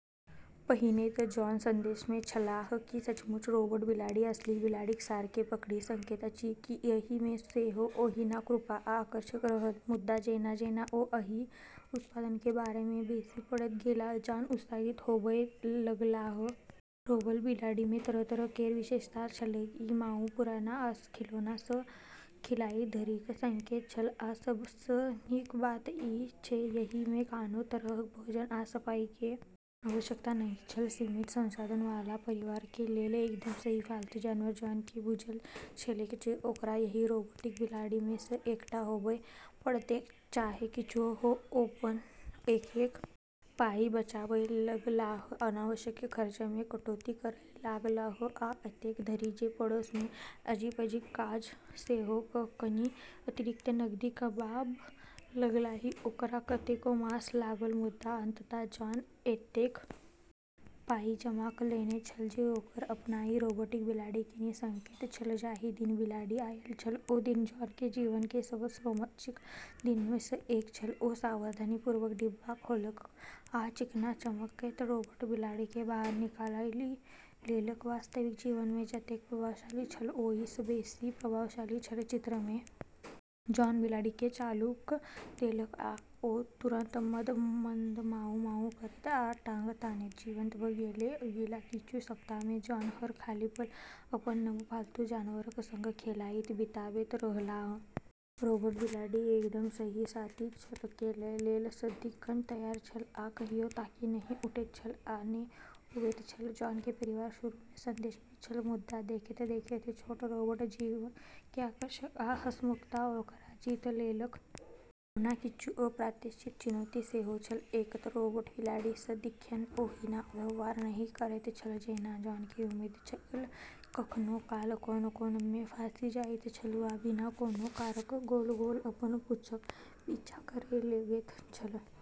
पहिने त जॉन संदेह मे छलाह। की सचमुच रोबोट बिलाड़ि असली बिलाड़िक सार के पकड़ि सकैत अछि? की एहि मे सेहो ओहिना कृपा आ आकर्षण रहत? मुदा जेना-जेना ओ एहि उत्पाद क बारे मे बेसी पढ़ैत गेलाह, जॉन उत्साहित होबय लगलाह। रोबोट बिलाड़ि मे तरह-तरह केर विशेषता छलैक ई म्याऊ, पुरना आ खिलौना सं खेलाइत धरि क सकैत छल आ सब सं नीक बात ई जे एहि में कोनो तरहक भोजन आ सफाई के आवश्यकता नहिं छल सीमित संसाधन वाला परिवार के लेल एकदम सही पालतू जानवर जॉन केँ बुझल छलैक जे ओकरा एहि रोबोटिक बिलाड़ि मे सँ एकटा होबय पड़तैक चाहे किछुओ हो, ओ अपन एक-एक पाइ बचाबय लगलाह, अनावश्यक खर्च मे कटौती करय लगलाह आ एतेक धरि जे पड़ोस मे अजीब-अजीब काज सेहो क क‌ कनि अतिरिक्त नगदी कमाब लगलाह ओकरा कतेको मास लागल मुदा अंततः जॉन एतेक पाइ जमा क' लेने छल जे ओकर अपनहि रोबोटिक बिलाड़ि कीनि सकैत छल जाहि दिन बिलाड़ि आयल छल ओ दिन जॉन के जीवन के सबस रोमांचक दिन में स एक छल ओ सावधानीपूर्वक डिब्बा खोललक आ चिकना चमकैत रोबोट बिलाड़ि केँ बाहर निकालि लेलक वास्तविक जीवन मे जतेक प्रभावशाली छल ओहि स बेसी प्रभावशाली छल चित्र मे। जॉन बिलाड़ि केँ चालू क देलक आ ओ तुरन्त मंद म्याऊ म्याऊ करैत आ टांग तानैत जीवंत भ गेलै। अगिला किछु सप्ताह मे जॉन हर खाली पल अपन नव पालतू जानवरक संग खेलाइत बिताबैत रहलाह। रोबोट बिलाड़ि एकदम सही साथी छल, खेलय लेल सदिखन तैयार छल आ कहियो थाकि नहि उठैत छल आ ने ऊबैत छल, जॉन के परिवार शुरू में संदेह में छल मुदा देखैत-देखैत छोट रोबोट जीव के आकर्षण आ हंसमुखता ओकरा जीत लेलक। ओना किछु अप्रत्याशित चुनौती सेहो छल। एक त रोबोट बिलाड़ि सदिखन ओहिना व्यवहार नहि करैत छल जेना जॉन के उम्मीद छल कखनो काल कोन-कोन मे फँसि जाइत छल वा बिना कोनो कारणक गोल-गोल अपन पूँछक पीछा करय लगैत छल।